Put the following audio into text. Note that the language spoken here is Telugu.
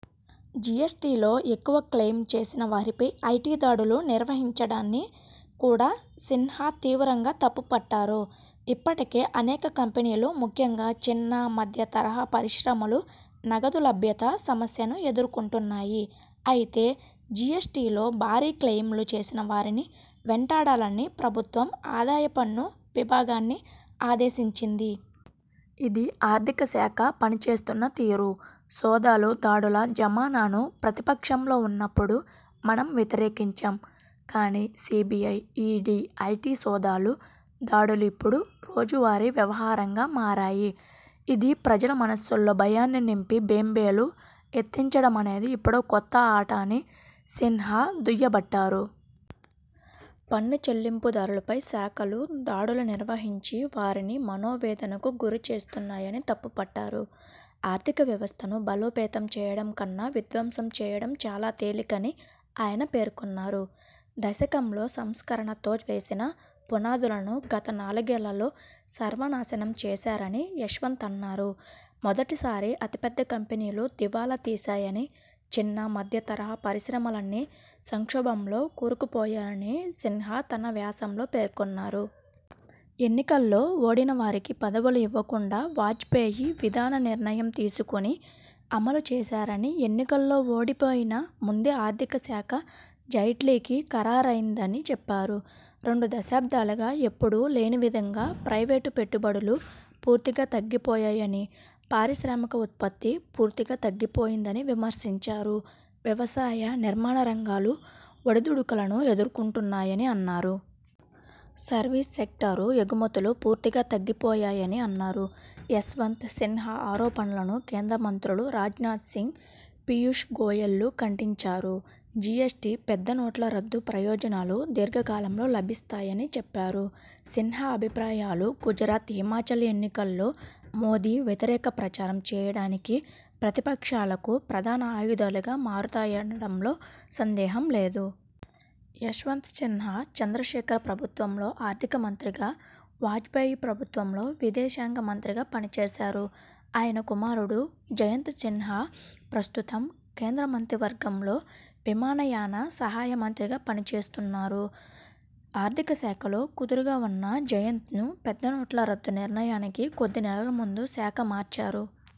జీఎస్టీలో ఎక్కువ క్లెయిమ్ చేసిన వారిపై ఐటీ దాడులు నిర్వహించడాన్ని కూడా సిన్హా తీవ్రంగా తప్పుపట్టారు. ''ఇప్పటికే అనేక కంపెనీలు, ముఖ్యంగా చిన్న, మధ్య తరహా పరిశ్రమలు నగదు లభ్యత సమస్యను ఎదుర్కొంటున్నాయి. అయితే జీఎస్టీలో భారీ క్లెయిమ్లు చేసిన వారిని వెంటాడాలని ప్రభుత్వం ఆదాయపన్ను విభాగాన్ని ఆదేశించింది. ఇది ఆర్థిక శాఖ పనిచేస్తున్న తీరు. సోదాలు, దాడుల జమానాను ప్రతిపక్షంలో ఉన్నప్పుడు మనం వ్యతిరేకించాం. కానీ సీబీఐ, ఈడీ, ఐటీ సోదాలు, దాడులు ఇప్పుడు రోజువారీ వ్యవహారంగా మారాయి. ఇది ప్రజల మనస్సుల్లో భయాన్ని నింపి బేంబేలు ఎత్తించడమనేది ఇప్పుడో కొత్త ఆట '' అని సిన్హా దుయ్యబట్టారు. పన్ను చెల్లింపుదారులపై శాఖలు దాడులు నిర్వహించి వారిని మనోవేదనకు గురి చేస్తున్నాయని తప్పు పట్టారు. ఆర్ధిక వ్యవస్థను బలోపేతం చేయడం కన్నా విధ్వంసం చేయడం చాలా తేలికని ఆయన పేర్కొన్నారు. దశకంలో సంస్కరణలతో వేసిన పునాదులను గత నాలుగేళ్లలో సర్వనాశనం చేశారని యశ్వంత్ అన్నారు. మొదటిసారి అతిపెద్ద కంపెనీలు దివాలా తీశాయని, చిన్న, మధ్య తరహా పరిశ్రమలన్నీ సంక్షోభంలో కూరుకుపోయాయని సిన్హా తన వ్యాసంలో పేర్కొన్నారు. ఎన్నికల్లో ఓడిన వారికి పదవులు ఇవ్వకుండా వాజ్పేయి విధాన నిర్ణయం తీసుకుని, అమలు చేశారని, ఎన్నికల్లో ఓడిపోయినా ముందే ఆర్థిక శాఖ జైట్లీకి ఖరారైందని చెప్పారు. రెండు దశాబ్దాలుగా ఎప్పుడూ లేనివిధంగా ప్రైవేటు పెట్టుబడులు పూర్తిగా తగ్గిపోయాయని, పారిశ్రామిక ఉత్పత్తి పూర్తిగా తగ్గిపోయిందని విమర్శించారు. వ్యవసాయ, నిర్మాణ రంగాలు ఒడిదుడుకులను ఎదుర్కొంటున్నాయని అన్నారు. సర్వీస్ సెక్టార్, ఎగుమతులు పూర్తిగా తగ్గిపోయాయని అన్నారు. యశ్వంత్ సిన్హా ఆరోపణలను కేంద్ర మంత్రులు రాజ్నాథ్సింగ్, పియూష్ గోయల్లు ఖండించారు. జీఎస్టీ, పెద్ద నోట్ల రద్దు ప్రయోజనాలు దీర్ఘకాలంలో లభిస్తాయని చెప్పారు. సిన్హా అభిప్రాయాలు గుజరాత్, హిమాచల్ ఎన్నికల్లో మోదీ వ్యతిరేక ప్రచారం చేయడానికి ప్రతిపక్షాలకు ప్రధాన ఆయుధాలుగా మారతాయనడంలో సందేహం లేదు. యశ్వంత్ సిన్హా చంద్రశేఖర్ ప్రభుత్వంలో ఆర్థిక మంత్రిగా, వాజ్పేయి ప్రభుత్వంలో విదేశాంగ మంత్రిగా పనిచేశారు. ఆయన కుమారుడు జయంత్ సిన్హా ప్రస్తుతం కేంద్ర మంత్రివర్గంలో విమానయాన సహాయ మంత్రిగా పని చేస్తున్నారు. ఆర్థిక శాఖలో కుదురుగా ఉన్న జయంత్ను పెద్దనోట్ల రద్దు నిర్ణయానికి కొద్ది నెలల ముందు శాఖ మార్చారు.